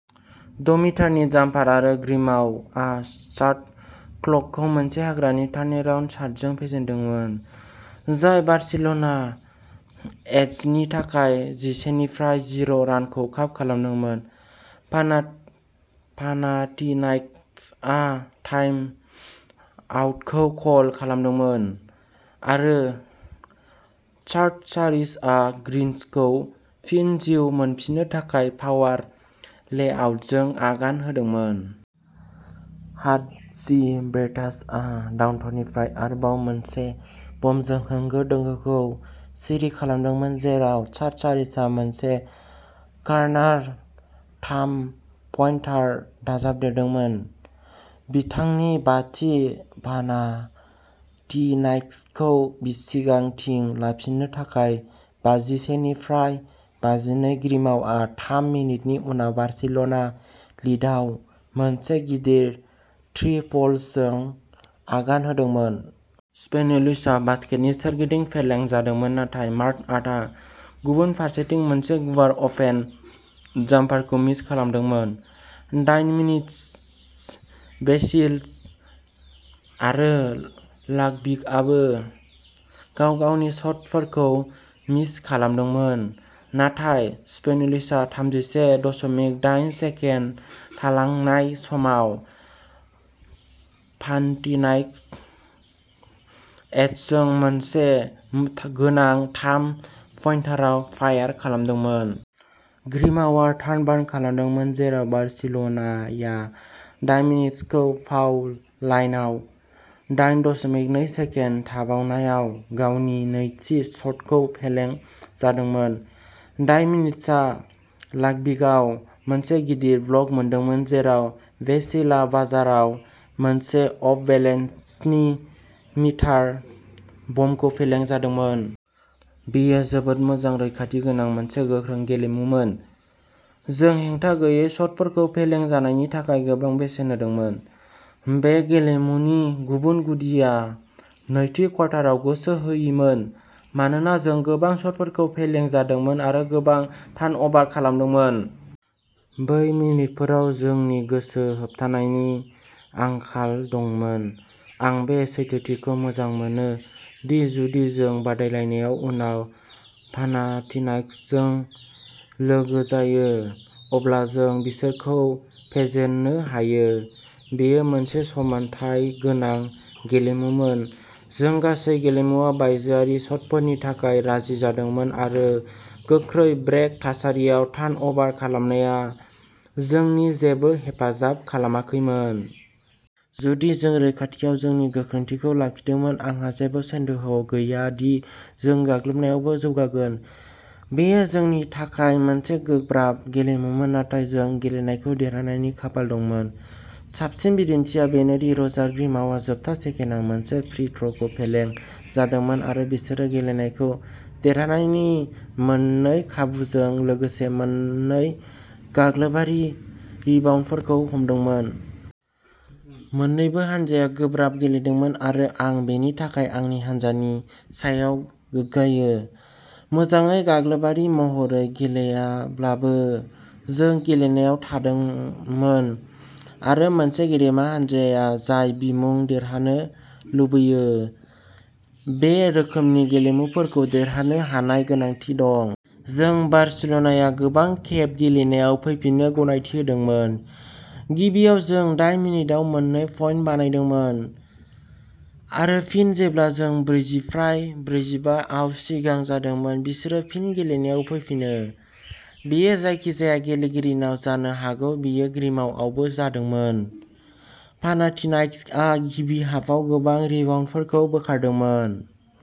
द'मिटारनि जाम्पार आरो ग्रिमाउआस शाट क्ल'कखौ मोनसे हाग्रानि टार्नआरन्ड शटजों फेजेनदोंमोन जाय बार्सिल'ना एजनि थाखाय जिसेनिफ्राय जिर' रानखौ काप खालामदोंमोन। पाना पानाथिनाइक आ टाइमआउटखौ कल खालामदोंमोन आरो सार्टसारिसआ ग्रीन्सखौ फिन जिउ मोनफिन्नो थाखाय पावार लेआउटजों आगान होदोंमोन। हाटजिभ्रेटासआ डाउनटाउननिफ्राय आरोबाव मोनसे बमजों होंगो दोंगोखौ सिरि खालामदोंमोन जेराव सार्टसारिसआ मोनसे कर्नार थाम-पइन्टार दाजाबदेरदोंमोन बिथांनि बाथि पानाथिनाइक'सखौ सिगांथिं लांफिन्नो थाखाय बाजिसेनिफ्राय बाजिनै ग्रिमाउआ थाम मिनिटनि उनाव बार्सिल'ना लिडआव मोनसे गिदिर ट्रिपलजों आगान होदोंमोन। स्पेनुलिसआ बास्केटनि सोरगिदिं फेलें जादोंमोन नाथाय मार्क'नाट'आ गुबुन फारसेथिं मोनसे गुवार अपेन जाम्पारखौ मिस खालामदोंमोन। डायनमिडस बेसिल आरो लाक'भिकआबो गाव-गावनि शटफोरखौ मिस खालामदोंमोन नाथाय स्पेनुलिसआ थामजिसे दशमिक दाइन सेकेन्ड थालांनाय समाव पानथिनाइक'स एजजों मोनसे गोनां थाम पइन्टारआव फायार खालामदोंमोन। ग्रिमाउआ टार्नभार खालामदोंमोन जेराव बार्सिल'नाया डायमिनिडसखौ फाउ लाइनआव, दाइन दशमिक नै सेकेन्ड थाबावनायाव गावनि नैथि शटखौ फेलें जादोंमोन। डायमिनिडसआ लाक'भिकआव मोनसे गिदिर ब्लक मोनदोंमोन जेराव बेसिलआ बाजारआव मोनसे अफ-बेलेन्स स्नि मिटार बमखौ फेलें जादोंमोन। "बेयो जोबोद मोजां रैखाथि गोनां मोनसे गोख्रों गेलेमुमोन। जों हेंथा गैयै शटफोरखौ फेलें जानायनि थाखाय गोबां बेसेन होदोंमोन। बे गेलेमुनि गुबुन गुदिआ नैथि क्वार्टाराव गोसो होयिमोन मानोना जों गोबां शटफोरखौ फेलें जादोंमोन आरो गोबां टार्नअभार खालामदोंमोन। बै मिनिटफोराव जोंनि गोसो होथाबनायनि आंखाल दंमोन। आं बे सैथोथिखौ मोजां मोनो दि जुदि जों बादायलायनायाव उनाव पानाथिनाइकसजों लोगो जायो अब्ला जों बिसोरखौ फेजेननो हायो। बेयो मोनसे समानथाय गोनां गेलेमुमोन। जों गासै गेलेमुआव बायजोआरि शटफोरनि थाखाय राजि जादोंमोन आरो गोख्रै ब्रेक थासारियाव टार्नअभार खालामनाया जोंनि जेबो हेफाजाब खालामाखैमोन। जुदि जों रैखाथियाव जोंनि गोख्रोंथिखौ लाखिदोंमोन आंहा जेबो सन्देह गैया दि जों गाग्लोबनायावबो जौगागोन।" "बेयो जोंनि थाखाय मोनसे गोब्राब गेलेमुमोन नाथाय जों गेलेनायखौ देरहानायनि खाफाल दंमोन। साबसिन बिदिन्थिआ बेनो दि रजार ग्रिमाउआ जोबथा सेकेन्डआव मोनसे फ्री थ्र'खौ फेलें जादोंमोन आरो बिसोरो गेलेनायखौ देरहानायनि मोननै खाबुजों लोगोसे मोन्नै गाग्लोबारि रिबाउन्डफोरखौ हमदोंमोन। मोन्नैबो हानजाया गोब्राब गेलेदोंमोन आरो आं बेनि थाखाय आंनि हानजानि सायाव गोग्गायो। मोजाङै गाग्लोबारि महरै गेलेयाब्लाबो जों गेलेनायाव थादोंमोन आरो मोनसे गेदेमा हानजाया जाय बिमुं देरहानो लुबैयो, बे रोखोमनि गेलेमुफोरखौ देरहानो हानाय गोनांथि दं। जों बार्सिल'नाया गोबां खेब गेलेनायाव फैफिननो गनायथि होदोंमोन। गिबियाव जों दाइन मिनिटआव मोननै पइन्ट बानायदोंमोन आरो फिन जेब्ला जों ब्रैजिफ्राय ब्रैजिबा आव सिगां जादोंमोन बिसोरो फिन गेलेनायाव फैफिनो। बेयो जायखिजाया गेलेगिरिनाव जानो हागौ बेयो ग्रिमाउआवबो जादोंमोन। पानाथिनाइक'सआ गिबि हाफआव गोबां रिबाउन्डफोरखौ बोखारदोंमोन।